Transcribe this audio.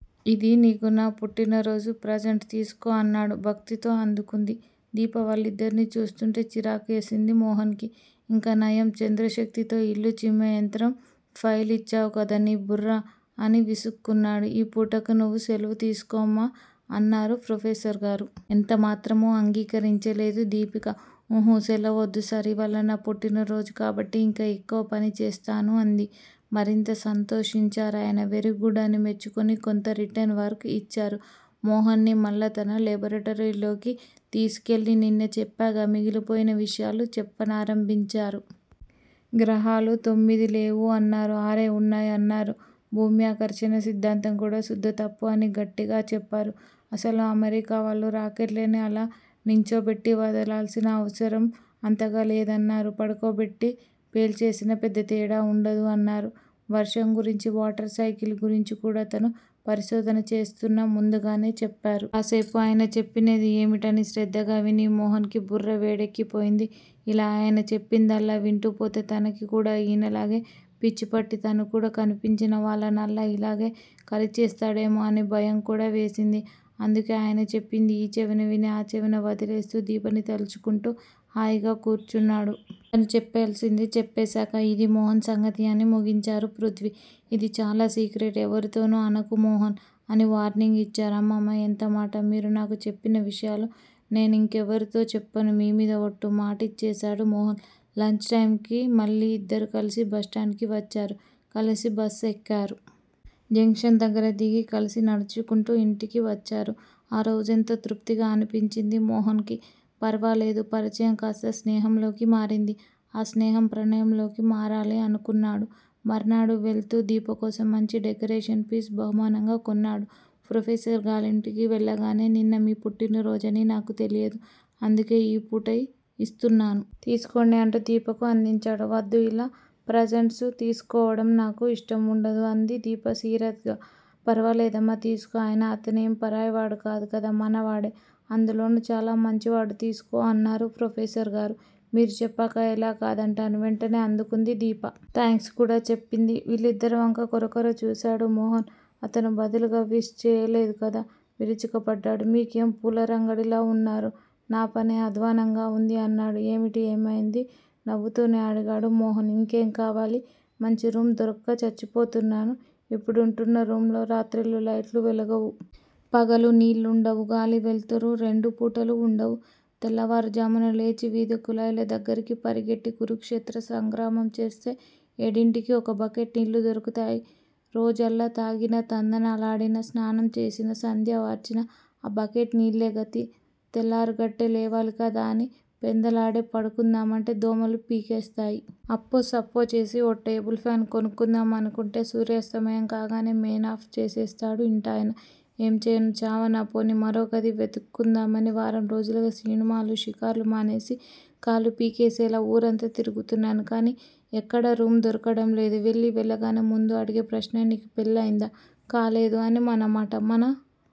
ఇది నీకు నా పుట్టినారోజు ప్రజంట్ తీసుకో అన్నాడు. భక్తితో అందుకుంది. దీప వాళ్ళిద్దర్నీ చూస్తుంటే చిరాకేసింది మోహన్ కి. ఇంకానయం చంద్రశక్తితో ఇల్లు చిమ్మే యంత్రం ఫైల్ ఇచ్చావు కాదు నీ బుర్ర, అని విసుక్కున్నాడు. ఈ పూటకి నువ్వు సెలవు తీసుకోమ్మా! అన్నారు ప్రొఫెసర్ గారు. ఎంతమాత్రమూ అంగీకరించలేదు దీపిక ఉహు! సెలవొద్దు సార్! ఇవ్వాళ నా పుట్టినరోజు కాబట్టి ఇంకా ఎక్కువ పని చేస్తాను అంది. మరింత సంతోషించారాయన. వెరీగుడ్ అని మెచ్చుకొని కొంత రిటెన్ వర్కు ఇచ్చారు. మోహన్ ని మళ్ళీ తన లేబొరేటరీలోకి తీసికెళ్ళి నిన్న చెప్పగా మిగిలిపోయిన విషయాలు చెప్పనారంభించారు. గ్రహాలు తొమ్మిదిలేవు అన్నారు. ఆరే వున్నాయి అన్నారు. భూమ్యాకర్షణ సిద్దాంతంకూడా శుద్ధ తప్పు అని గట్టిగా చెప్పారు. అసలు అమెరికావాళ్ళు రాకెట్లని అలా నించోబెట్టి వదలాల్సిన అవసరం అంతగా లేదన్నారు. పడుకో బెట్టి పెల్చేసినా పెద్ద తేడా వుండదు అన్నారు. వర్షం గురించి వాటర్ సైకిల్ గురించికూడా తను పరిశోధన చేస్తున్నా ముందుగానే చెప్పారు. కాసేపు ఆయన చెప్పినది ఏమిటని శ్రద్ధగా విన్న మోహన్ కి బుర్ర వేడెక్కి పోయింది. ఇలా ఆయన చెప్పిందల్లా వింటూపోతే తనకికూడా ఈయనలాగే పిచ్చిపట్టి తను కూడా కనిపించినవాళ్ళనల్లా ఇలాగే కరిచేస్తాడేమో అని భయంకూడా వేసింది. అందుకే ఆయన చెప్పింది ఈ చెవిన విని ఆ చెవినవదిలేస్తూ దీపని తల్చుకుంటూ హాయిగా కూర్చున్నాడు. తను చెప్పాల్సింది చెప్పేశాక ఇదీ మోహన్ సంగతి అని ముగించారు పృధ్వి. ఇది చాలా సీక్రెట్. ఎవరితోనూ అనకు మోహన్! అని వార్నింగ్ ఇచ్చారు. అమ్మమ్మ! ఎంతమాట మీరు నాకు చెప్పిన విషయాలు నేనింకొకరితో చెప్పను. మీమీద ఒట్టు! మాటచ్చేసాడు మోహన్. లంచ్ టైంకి మళ్ళీ ఇద్దరూ కలిసి బస్టాండ్ కి వచ్చారు కలసి బస్ ఎక్కారు. జంక్షను దగ్గర దిగి కలసి నడుచుకుంటూ ఇంటికి వచ్చారు. ఆ రోజెంతో తృప్తిగా అనిపించింది మోహన్ కి. ఫర్వాలేదు పరిచయం కాస్తా స్నేహంలోకి మారింది. ఆ స్నేహం ప్రణయంలోకి మారాలి! అనుకున్నాడు. మర్నాడు వేళ్ళుతూ దీపకోసం మంచి డెకరేషన్ పీస్ బహుమానంగా కొన్నాడు. ప్రొఫెసరుగారింటికి వెళ్ళగానే నిన్న మీ పుట్టినరోజని నాకు తెలియదు అందుకే ఈ పూట యిస్తున్నాను. తీసుకోండి అంటూ దీపకి అందించాడు. వద్దు యిలా ప్రజంట్సు తీసుకోవడం నాకిష్టం వుండదు! అంది దీప సీరియాద్ గా. ఫర్వలేదమ్మా తీసుకో. అయినా అతనేం పరాయివాడుకాడు మనవాడే. అందులోనూ చాలా మంచివాడు. తీసుకో! అన్నారు ప్రొఫెసర్ గారు. మీరుచెప్పాక ఎలా కాదంటాను! వెంటనే అందుకుంది దీప. థాంక్స్ కూడా చెప్పింది. వాళ్ళిద్దరివంకా కొరకొరా చూశాడు మోహన్. అతను బదులుగా విష్ చెయ్యలేదుకదా, విరుచుకుపడ్డాడు. మీకేం పూలరంగడిలావున్నారు. నాపనే అధ్వానంగా వుంది! అన్నాడు. ఏమిటి? ఏమైంది? నవ్వుతూనే అడిగాడు మోహన్. ఇంకేం కావాలి? మంచి రూమ్ దొరక్క చచ్చిపోతున్నాను. ఇప్పుడుంటున్న రూమ్ లో రాత్రిళ్ళు లైట్లు వెలగవు. పగలు నీళ్ళుండవు. గాలీ, వెల్తురు రెండుపూటలూ వుండవు. తెల్లారుఝామున లేచి వీధి కుళాయిదగ్గరికి పరిగెట్టి కురుక్షేత్రం సంగ్రామంచేస్తే ఏడింటికి ఓ బక్కెట్ నీళ్ళు దొరుకుతాయి. రోజల్లా తాగినా తందనాలాడినా, స్నానం చేసినా, సంధ్యవార్చినా ఆ బకెట్ నీళ్ళే గతి. తెల్లారుగట్టే లేవాలికదా అని పెందలాడే పడుకుందామంటే దోమలు పీకేస్తాయి. అప్పోసప్పో చేసి ఓ టేబుల్ ఫ్యాను కొనుక్కుందాం అనుకుంటే సూర్యస్తమయం కాగానే మెయిన్ ఆఫ్ చేసేస్తాడు ఇంటాయన. ఏం చెయ్యను చావనా? పోనీ మరోగది వెతుక్కుందామని వారం రోజులుగా సినిమాలూ, షికార్లూ మానేసి కాళ్ళుపీకేసేలా ఊరంతా తిరుగుతున్నాను. కానీ ఎక్కడా రూమ్ దొరకడం లేదు. వెళ్ళీ వెళ్ళగానే ముందు అడిగే ప్రశ్ననీకు పెళ్ళయిందా? కాలేదు, అని మనమాట మన